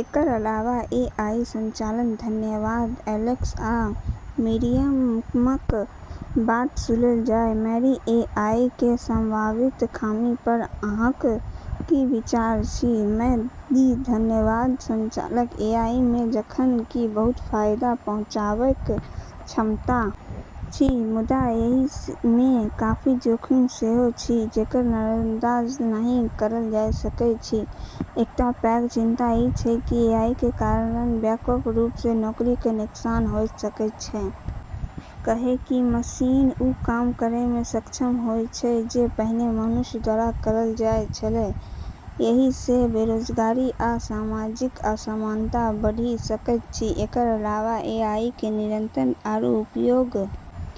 एकरऽ अलावा A I संचालक धन्यवाद, एलेक्स, आब मरियमक बात सुनल जाय, मैरी एआई के संभावित खामी पर अहाँक की विचार अछि? मैरी धन्यवाद संचालक, एआई मे जखन कि बहुत फायदा पहुंचेबाक क्षमता अछि मुदा एहि मे काफी जोखिम सेहो अछि जेकरा नजरअंदाज नहि कैल जा सकैत अछि, एकटा पैघ चिंता ई छै कि एआई के कारण व्यापक रूप से नौकरी के नुकसान होय सकै छै, कैन्हेंकि मशीन उ काम करै मे सक्षम होय जाय छै जे पहिने मनुष्य द्वारा करलऽ जाय छेलै, एहि स बेरोजगारी आ सामाजिक असमानता बढ़ि सकैत अछि, एकरऽ अलावा एआई केरऽ नियंत्रण आरू उपयोग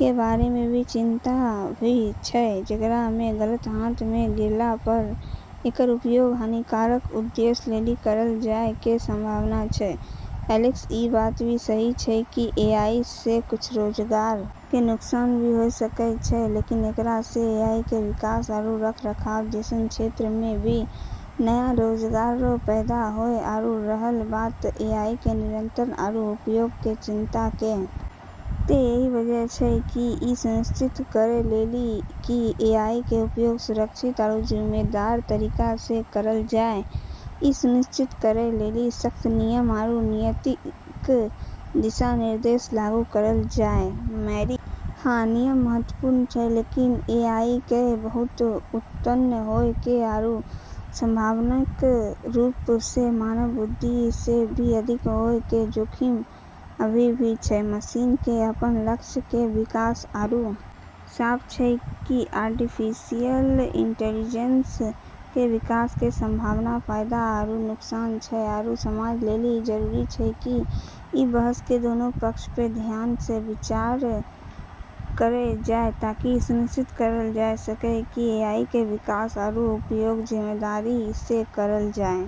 के बारे मे चिंता भी छै जेकरा मे गलत हाथऽ मे गिरला पे एकरऽ उपयोग हानिकारक उद्देश्य लेली करलऽ जाय के संभावना छै, एलेक्स ई बात सही छै कि एआई से कुछ रोजगार के नुकसान भी होय सकै छै लेकिन एकरा से एआई के विकास आरू रखरखाव जैसनऽ क्षेत्र मे भी नया रोजगार पैदा होतै आरू रहल बात एआई के नियंत्रण आरू उपयोग के चिंता के तै यही वजह छै कि ई सुनिश्चित करै लेली कि एआई के उपयोग सुरक्षित आरू जिम्मेदार तरीका से करलऽ जाय, ई सुनिश्चित करै लेली सख्त नियम आरू नैतिक दिशा-निर्देश लागू करलऽ जाय, मैरी हाँ, नियम महत्वपूर्ण छै लेकिन एआई केरऽ बहुत उन्नत होय के आरू संभावित रूप से मानव बुद्धि से भी अधिक होय के जोखिम अभी भी छै, मशीन केरऽ अपनऽ लक्ष्य के विकास आरू साफ छै कि आर्टिफिशियल इंटेलिजेंस के विकास के संभावित फायदा आरू नुकसान छै आरू समाज लेली ई जरूरी छै कि ई बहस के दोनों पक्ष पे ध्यान से विचार करलऽ जाय ताकि ई सुनिश्चित करलऽ जाय सके कि एआई के विकास आरू उपयोग जिम्मेदारी से करलऽ जाय।